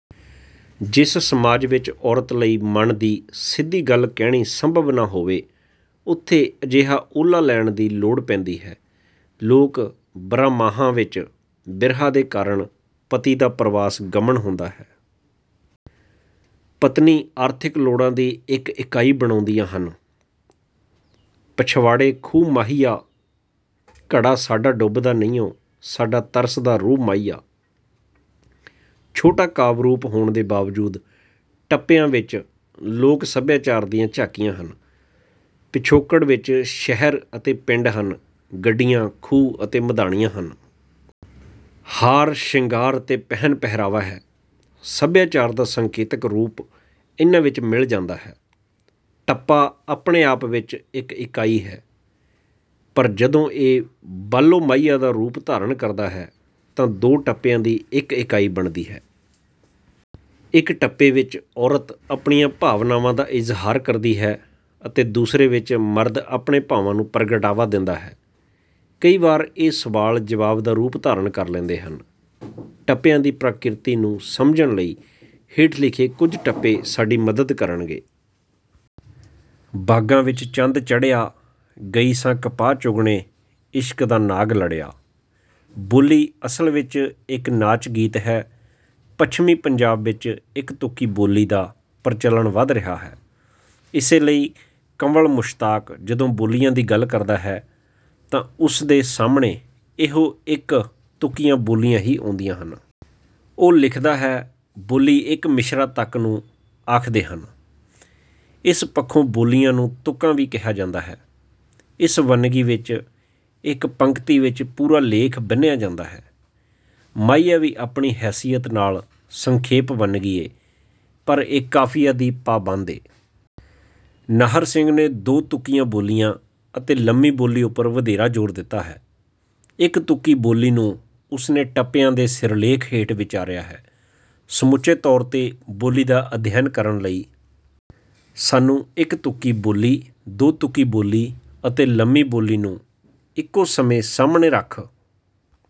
ਜਿਸ ਸਮਾਜ ਵਿਚ ਔਰਤ ਲਈ ਮਨ ਦੀ ਸਿੱਧੀ ਗੱਲ ਕੇਹਣੀ ਸੰਭਵ ਨਾ ਹੋਵੇ ਉਥੇ ਅਜਿਹਾ ਓਹਲਾ ਲੈਣ ਦੀ ਲੋੜ ਪੈਂਦੀ ਹੈ। ਲੋਕ ਬਰਾਂਮਾਹਾਂ ਵਿਚ ਬਿਰਹਾ ਦੇ ਕਾਰਣ, ਪਤੀ ਦਾ ਪਰਵਾਸ ਗਮਨ ਹੁੰਦਾ ਹੈ। ਪਤਨੀ ਆਰਥਿਕ ਲੋੜਾਂ ਦੀ ਇਕ ਇਕਾਈ ਬਣਾਉਦੀਆਂ ਹਨ। ਪਛਵਾੜੇ ਖੂਹ ਮਾਹੀਆ, ਘੜਾ ਸਾਡਾ ਡੁੱਬਦਾ ਨਹੀਉਂ, ਸਾਡਾ ਤਰਸਦਾ ਰੂਹ ਮਾਹੀਆ। ਛੋਟਾ ਕਾਵਿ ਰੂਪ ਹੋਣ ਦੇ ਬਾਵਜੂਦ ਟੱਪਿਆਂ ਵਿਚ ਲੋਕ ਸਭਿਆਚਾਰ ਦੀਆਂ ਝਾਕੀਆਂ ਹਨ। ਪਿਛੋਕੜ ਵਿਚ ਸ਼ਹਿਰ ਅਤੇ ਪਿੰਡ ਹਨ, ਗੱਡੀਆਂ, ਖੂਹ ਤੇ ਮਧਾਣੀਆਂ ਹਨ। ਹਾਰ ਸ਼ਿੰਗਾਰ ਤੇ ਪਹਿਨ ਪਹਿਰਾਵਾ ਹੈ| ਸਭਿਆਚਾਰ ਦਾ ਸੰਕੇਤਕ ਰੂਪ ਇਨ੍ਹਾਂ ਵਿਚ ਮਿਲ ਜਾਂਦਾ ਹੈ। ਟੱਪਾ ਆਪਣੇ ਆਪ ਵਿਚ ਇਕ ਇਕਾਈ ਹੈ। ਪਰ ਜਦੋਂ ਇਹ ਬਾਲੋ ਮਾਹੀਆ ਦਾ ਰੂਪ ਧਾਰਣ ਕਰਦਾ ਹੈ ਤਾਂ ਦੋ ਟੱਪਿਆਂ ਦੀ ਇਕ ਇਕਾਈ ਬਣਦੀ ਹੈ। ਇਕ ਟੱਪੇ ਵਿਚ ਔਰਤ ਆਪਣੀਆਂ ਭਾਵਨਾਵਾਂ ਦਾ ਇਜ਼ਹਾਰ ਕਰਦੀ ਹੈ ਤਾਂ ਦੂਸਰੇ ਵਿਚ ਮਰਦ ਆਪਣੇ ਭਾਵਾਂ ਨੂੰ ਪ੍ਰਗਟਾਵਾ ਦਿੰਦਾ ਹੈ। ਕਈ ਵਾਰ ਇਹ ਸਵਾਲ ਜਵਾਬ ਦਾ ਰੂਪ ਧਾਰਣ ਕਰ ਲੈਂਦੇ ਹਨ। ਟੱਪਿਆਂ ਦੀ ਪ੍ਰਕਿਰਤੀ ਨੂੰ ਸਮਝਣ ਲਈ ਹੇਠ ਲਿਖੇ ਕੁਝ ਟੱਪੇ ਸਾਡੀ ਮਦਦ ਕਰਨਗੇ। ਬਾਗਾਂ ਵਿਚ ਚੰਦ ਚੜ੍ਹਿਆ, ਗਈ ਸਾਂ ਕਪਾਹ ਚੁੱਗਣੇ, ਇਸ਼ਕ ਦਾ ਨਾਗ ਲੜਿਆ। ਬੋਲੀ ਅਸਲ ਵਿਚ ਇਕ ਨਾਚ ਗੀਤ ਹੈ। ਪੱਛਮੀ ਪੰਜਾਬ ਵਿਚ ਇਕ ਤੁਕੀ ਬੋਲੀ ਦਾ ਪ੍ਰਚਲਨ ਵਧ ਰਿਹਾ ਹੈ। ਇਸੇ ਲਈ ਕੰਵਲ ਮੁਸ਼ਤਾਕ ਜਦੋਂ ਬੋਲੀਆਂ ਦੀ ਗੱਲ ਕਰਦਾ ਹੈ ਤਾਂ ਉਸਦੇ ਸਾਹਮਣੇ ਇਹੋ ਇਕ ਤੁਕੀਆਂ ਬੋਲੀਆਂ ਹੀ ਹੁੰਦੀਆਂ ਹਨ। ਉਹ ਲਿਖਦਾ ਹੈ, ਬੋਲੀ ਇਕ ਮਿਸਰਾ ਤਕ ਨੂੰ ਆਖਦੇ ਹਨ। ਇਸ ਪੱਖੋਂ ਬੋਲੀਆਂ ਨੂੰ ਤੁਕਾਂ ਵੀ ਕਿਹਾ ਜਾਂਦਾ ਹੈ। ਇਸ ਵੰਨਗੀ ਵਿਚ, ਇਕ ਪੰਕਤੀ ਵਿਚ ਪੂਰਾ ਲੇਖ ਬੰਨ੍ਹਿਆਂ ਜਾਂਦਾ ਹੈ। ਮਾਹੀਆ ਵੀ ਆਪਣੀ ਹੈਸੀਅਤ ਨਾਲ ਸੰਖੇਪ ਵੰਨਗੀ ਏ ਪਰ ਇਹ ਕਾਫ਼ੀਆ ਦੀ ਪਾਬੰਦ ਏ। ਨਾਹਰ ਸਿੰਘ ਨੇ ਦੋ ਤੁਕੀਆਂ ਬੋਲੀਆਂ ਅਤੇ ਲੰਮੀ ਬੋਲੀ ਉਪਰ ਵਧੇਰਾ ਜ਼ੋਰ ਦਿੱਤਾ ਹੈ। ਇਕ ਤੁਕੀ ਬੋਲੀ ਨੂੰ ਉਸਨੇ ਟੱਪਿਆਂ ਦੇ ਸਿਰਲੇਖ ਹੇਠ ਵਿਚਾਰਿਆ ਹੈ। ਸਮੁੱਚੇ ਤੌਰ ਤੇ ਬੋਲੀ ਦਾ ਅਧਿਐਨ ਕਰਨ ਲਈ ਸਾਨੂੰ ਇਕ ਤੁਕੀ ਬੋਲੀ, ਦੋ ਤੁਕੀ ਬੋਲੀ ਅਤੇ ਲੰਮੀ ਬੋਲੀ ਨੂੰ ਇਕੋ ਸਮੇਂ ਸਾਹਮਣੇ ਰੱਖ